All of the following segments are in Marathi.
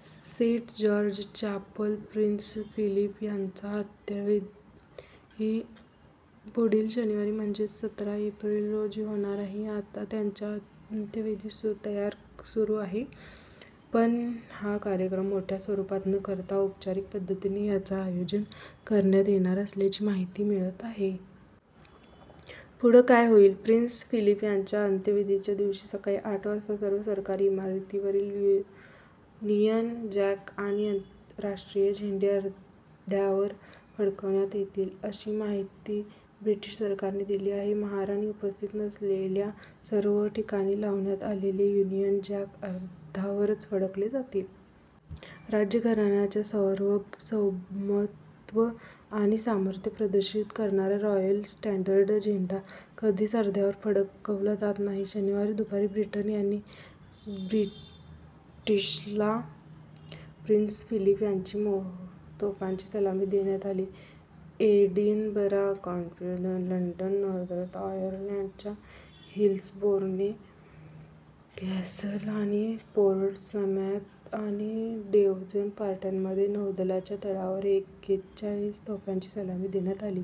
Saint George Chapel Prince Philip यांचा अंत्यविधी पुढील शनिवारी म्हणजेच सतरा एप्रिल रोजी होणार आहे. आता त्यांच्या अंत्यविधीची तयारी सुरू आहे. पण हा कार्यक्रम मोठ्या स्वरुपात न करता औपचारिक पद्धतीने याचं आयोजन करण्यात येणार असल्याची माहिती मिळत आहे. पुढं काय होईल? प्रिन्स फिलीप यांच्या अंत्यविधीच्या दिवशी सकाळी आठ वाजता सर्व सरकारी इमारतींवरील युनियन जॅक आणि राष्ट्रीय झेंडे अर्ध्यावर फडकवण्यात येतील, अशी माहिती ब्रिटिश सरकारने दिली आहे. महाराणी उपस्थित नसलेल्या सर्वच ठिकाणी लावण्यात आलेले युनियन जॅक अर्ध्यावरच फडकवले जातील. राजघराण्याच्या सार्वभौमत्व आणि सामर्थ्य प्रदर्शित करणारा रॉयल स्टँडर्ड झेंडा कधीच अर्ध्यावर फडकवला जात नाही. शनिवारी दुपारी ब्रिटन आणि जिब्राल्टरमध्ये प्रिन्स फिलीप यांना तोफांची सलामी देण्यात आली. एडिनबरा, कार्डिफ, लंडन, नॉर्दर्न आयरलँडच्या हिल्सबोरो कॅसल आणि पोर्ट्समॅथ आणि डेव्हनपोर्टच्या नौदलाच्या तळावर एकेचाळीस तोफांची सलामी देण्यात आली.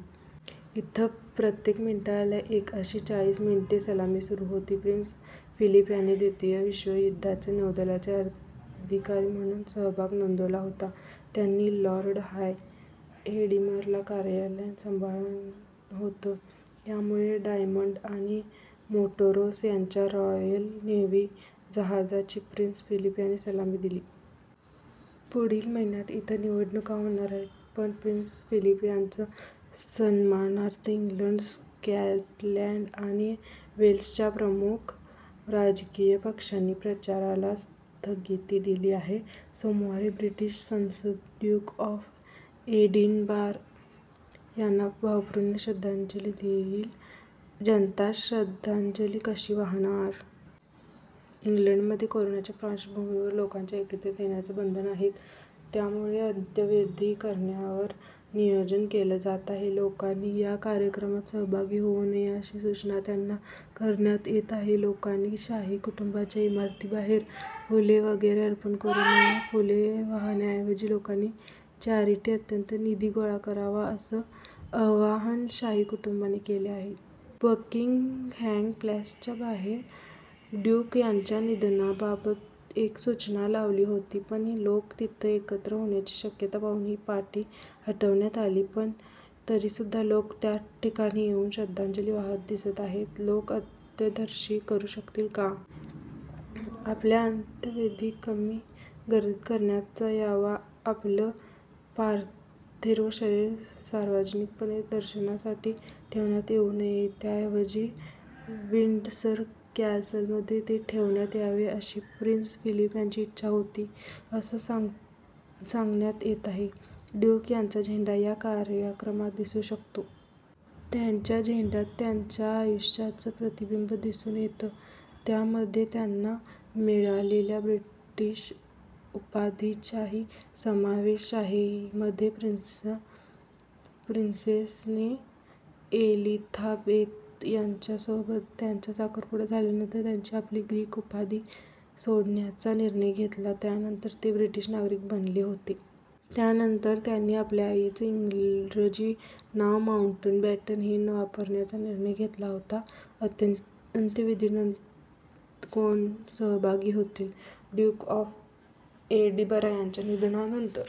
इथं प्रत्येक मिनिटाला एक अशी चाळीस मिनिटे सलामी सुरू होती. प्रिन्स फिलीप यांनी द्वितीय विश्व युद्धात नौदलाचे अधिकारी म्हणून सहभाग नोंदवला होता. त्यांनी लॉर्ड हाय एडमिरल कार्यालयही सांभाळलं होतं. यामुळे डायमंड आणि मोंटेरोस यांसारख्या रॉयल नेव्ही जहाजांनीही प्रिन्स फिलीप यांना सलामी दिली. पुढील महिन्यात इथं निवडणुका होणार आहेत. पण प्रिन्स फिलीप यांच्य सन्मानार्थ इंग्लंड, स्कॉटलँड आणि वेल्सच्या प्रमुख राजकीय पक्षांनी प्रचाराला स्थगिती दिली आहे. सोमवारी ब्रिटिश संसद ड्यूक ऑफ एडिनबरा यांना श्रद्धांजली देईल. जनता श्रद्धांजली कशी वाहणार? इंग्लंडमध्ये कोरोनाच्या पार्श्वभूमीवर लोकांच्या एकत्रित येण्यावर बंधनं आहेत. त्यमुळे अंत्यविधी करण्याबाबत नियोजन केलं जात आहे. लोकांनी या कार्यक्रमात सहभागी होऊ नये, अशी सूचना त्यांना करण्यात येत आहे. लोकांनी शाही कुटुंबाच्या इमारतींबाहेर फुले वगैरे अर्पण करू नये, फुले वाहण्याऐवजी लोकांनी चॅरिटीअंतर्गत निधी गोळा करावा, असं आवाहन शाही कुटुंबाने केलं आहे. बकिंगहॅम पॅलेसच्या बाहेर ड्यूक यांच्या निधनाबाबत एक सूचना लावली होती. पण लोक तिथं एकत्र होण्याची शक्यता पाहून ही पाटी हटवण्यात आली. पण तरीसुद्धा लोक त्याठिकाणी येऊन श्रद्धांजली वाहताना दिसत आहेत. लोक अंत्यदर्शन करू शकतील का? आपला अंत्यविधी कमी गर्दीत करण्यात यावा. आपलं पार्थिव शरीर सार्वजनिकपणे दर्शनासाठी ठेवण्यात येऊ नये. त्याऐवजी विंडसर कॅसलमध्ये ते ठेवण्यात यावं, अशी प्रिन्स फिलीप यांची इच्छा होती, असं सांगण्यात येत आहे. ड्यूक यांचा झेंडा या कार्यक्रमात दिसू शकतो. त्यांच्या झेंड्यात त्यांच्या आयुष्याचं प्रतिबिंब दिसून येतं. त्यामध्ये त्यांना मिळालेल्या ब्रिटिश उपाधीचाही समावेश आहे. मध्ये प्रिन्सेस एलिझाबेथ यांच्यासोबत त्यांचा साखरपुडा झाल्यानंतर त्यांनी आपली ग्रीक उपाधी सोडण्याचा निर्णय घेतला. त्यानंतर ते ब्रिटिश नागरिक बनले होते. त्यानंतर त्यांनी आपल्या आईचं इंग्रजी नाव माऊंटबॅटन हे वापरण्याचा निर्णय घेतला होता. अंत्यविधीत कोण सहभागी होतील? ड्यूक ऑफ एडिनबरा यांच्या निधनानंतर